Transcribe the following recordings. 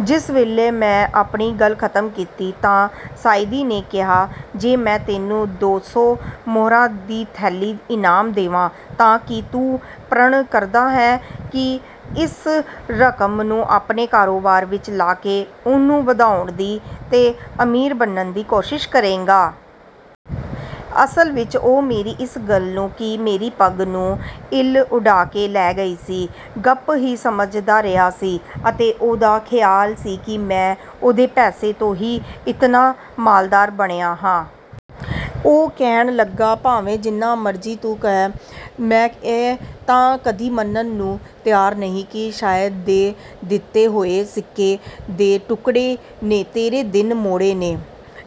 " ਜਿਸ ਵੇਲੇ ਮੈਂ ਆਪਣੀ ਗੱਲ ਖ਼ਤਮ ਕੀਤੀ, ਤਾਂ ਸਾਅਦੀ ਨੇ ਕਿਹਾ, "ਜੇ ਮੈਂ ਤੈਨੂੰ ਦੋ ਸੌ ਮੁਹਰਾਂ ਦੀ ਥੈਲੀ ਇਨਾਮ ਦੇਵਾਂ, ਤਾਂ ਕੀ ਤੂੰ ਪਰਣ ਕਰਦਾ ਹੈ ਕਿ ਇਸ ਰਕਮ ਨੂੰ ਆਪਣੇ ਕਾਰੋਬਾਰ ਵਿਚ ਲਾ ਕੇ ਉਹਨੂੰ ਵਧਾਉਣ ਦੀ ਤੇ ਅਮੀਰ ਬਣਨ ਦੀ ਕੋਸ਼ਿਸ਼ ਕਰੇਂਗਾ? ਅਸਲ ਵਿਚ ਉਹ ਮੇਰੀ ਇਸ ਗੱਲ ਨੂੰ ਕਿ ਮੇਰੀ ਪੱਗ ਨੂੰ ਇੱਲ ਉਡਾ ਕੇ ਲੈ ਗਈ ਸੀ, ਗੱਪ ਹੀ ਸਮਝਦਾ ਰਿਹਾ ਸੀ ਅਤੇ ਉਹਦਾ ਖ਼ਿਆਲ ਸੀ ਕਿ ਮੈਂ ਉਹਦੇ ਪੈਸੇ ਤੋਂ ਹੀ ਇਤਨਾ ਮਾਲਦਾਰ ਬਣਿਆ ਹਾਂ। ਉਹ ਕਹਿਣ ਲੱਗਾ, 'ਭਾਵੇਂ ਜਿੰਨਾ ਮਰਜ਼ੀ ਤੂੰ ਕਹ, ਮੈਂ ਇਹ ਤਾਂ ਕਦੀ ਮੰਨਣ ਨੂੰ ਤਿਆਰ ਨਹੀਂ ਕਿ ਸਾਅਦ ਦੇ ਦਿੱਤੇ ਹੋਏ ਸਿੱਕੇ ਦੇ ਟੁਕੜੇ ਨੇ ਤੇਰੇ ਦਿਨ ਮੋੜੇ ਨੇ।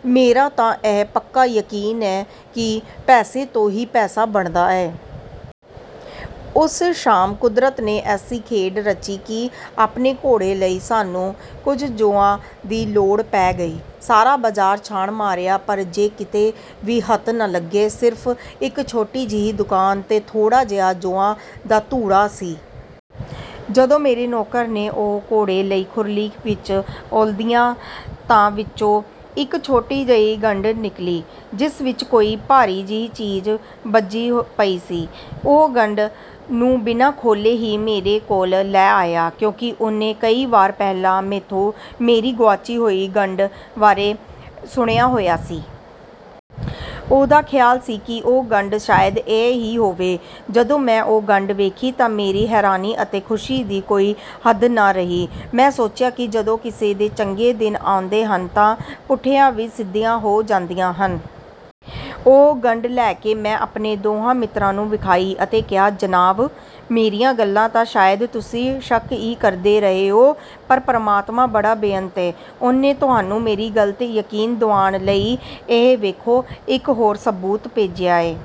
ਮੇਰਾ ਤਾਂ ਇਹ ਪੱਕਾ ਯਕੀਨ ਏ ਕਿ ਪੈਸੇ ਤੋਂ ਹੀ ਪੈਸਾ ਬਣਦਾ ਏ। ਉਸ ਸ਼ਾਮ ਕੁਦਰਤ ਨੇ ਐਸੀ ਖੇਡ ਰਚੀ ਕਿ ਆਪਣੇ ਘੋੜੇ ਲਈ ਸਾਨੂੰ ਕੁਝ ਜੌਆਂ ਦੀ ਲੋੜ ਪੈ ਗਈ। ਸਾਰਾ ਬਾਜ਼ਾਰ ਛਾਣ ਮਾਰਿਆ ਪਰ ਜੇ ਕਿਤੇ ਵੀ ਹਥ ਨ ਲਗੇ। ਸਿਰਫ਼ ਇਕ ਛੋਟੀ ਜਿਹੀ ਦੁਕਾਨ ਤੇ ਥੋੜ੍ਹਾ ਜਿਹਾ ਜੌਆਂ ਦਾ ਧੂੜਾ ਸੀ। ਜਦੋਂ ਮੇਰੇ ਨੌਕਰ ਨੇ ਉਹ ਘੋੜੇ ਲਈ ਖੁਰਲੀ ਵਿਚ ਉਲੱਦਿਆ ਤਾਂ ਵਿੱਚੋਂ ਇਕ ਛੋਟੀ ਜਹੀ ਗੰਢ ਨਿਕਲੀ ਜਿਸ ਵਿਚ ਕੋਈ ਭਾਰੀ ਜਿਹੀ ਚੀਜ਼ ਬੱਝੀ ਪਈ ਸੀ। ਉਹ ਗੰਢ ਨੂੰ ਬਿਨਾਂ ਖੋਲ੍ਹੇ ਹੀ ਮੇਰੇ ਕੋਲ ਲੈ ਆਇਆ ਕਿਉਂਕਿ ਉਹਨੇ ਕਈ ਵਾਰ ਪਹਿਲਾਂ ਮੈਥੋਂ ਮੇਰੀ ਗਵਾਚੀ ਹੋਈ ਗੰਢ ਬਾਰੇ ਸੁਣਿਆ ਹੋਇਆ ਸੀ। ਉਹਦਾ ਖ਼ਿਆਲ ਸੀ ਕਿ ਉਹ ਗੰਢ ਸ਼ਾਇਦ ਇਹ ਹੀ ਹੋਵੇ। ਜਦੋਂ ਮੈਂ ਉਹ ਗੰਢ ਵੇਖੀ ਤਾਂ ਮੇਰੀ ਹੈਰਾਨੀ ਅਤੇ ਖੁਸ਼ੀ ਦੀ ਕੋਈ ਹੱਦ ਨ ਰਹੀ। ਮੈਂ ਸੋਚਿਆ ਕਿ ਜਦੋਂ ਕਿਸੇ ਦੇ ਚੰਗੇ ਦਿਨ ਆਉਂਦੇ ਹਨ ਤਾਂ ਪੁੱਠੀਆਂ ਵੀ ਸਿੱਧੀਆਂ ਹੋ ਜਾਂਦੀਆਂ ਹਨ। ਉਹ ਗੰਢ ਲੈ ਕੇ ਮੈਂ ਆਪਣੇ ਦੋਹਾਂ ਮਿੱਤਰਾਂ ਨੂੰ ਵਿਖਾਈ ਅਤੇ ਕਿਹਾ, "ਜਨਾਬ, ਮੇਰੀਆਂ ਗੱਲਾਂ ਤਾ ਸ਼ਾਇਦ ਤੁਸੀਂ ਸ਼ਕ ਈ ਕਰਦੇ ਰਹੇ ਓ ਪਰ ਪਰਮਾਤਮਾ ਬੜਾ ਬੇਅੰਤ ਏ! ਉਹਨੇ ਤੁਹਾਨੂੰ ਮੇਰੀ ਗਲ ਤੇ ਯਕੀਨ ਦਿਵਾਉਣ ਲਈ ਇਹ ਵੇਖੋ ਇਕ ਹੋਰ ਸਬੂਤ ਭੇਜਿਆ ਏ।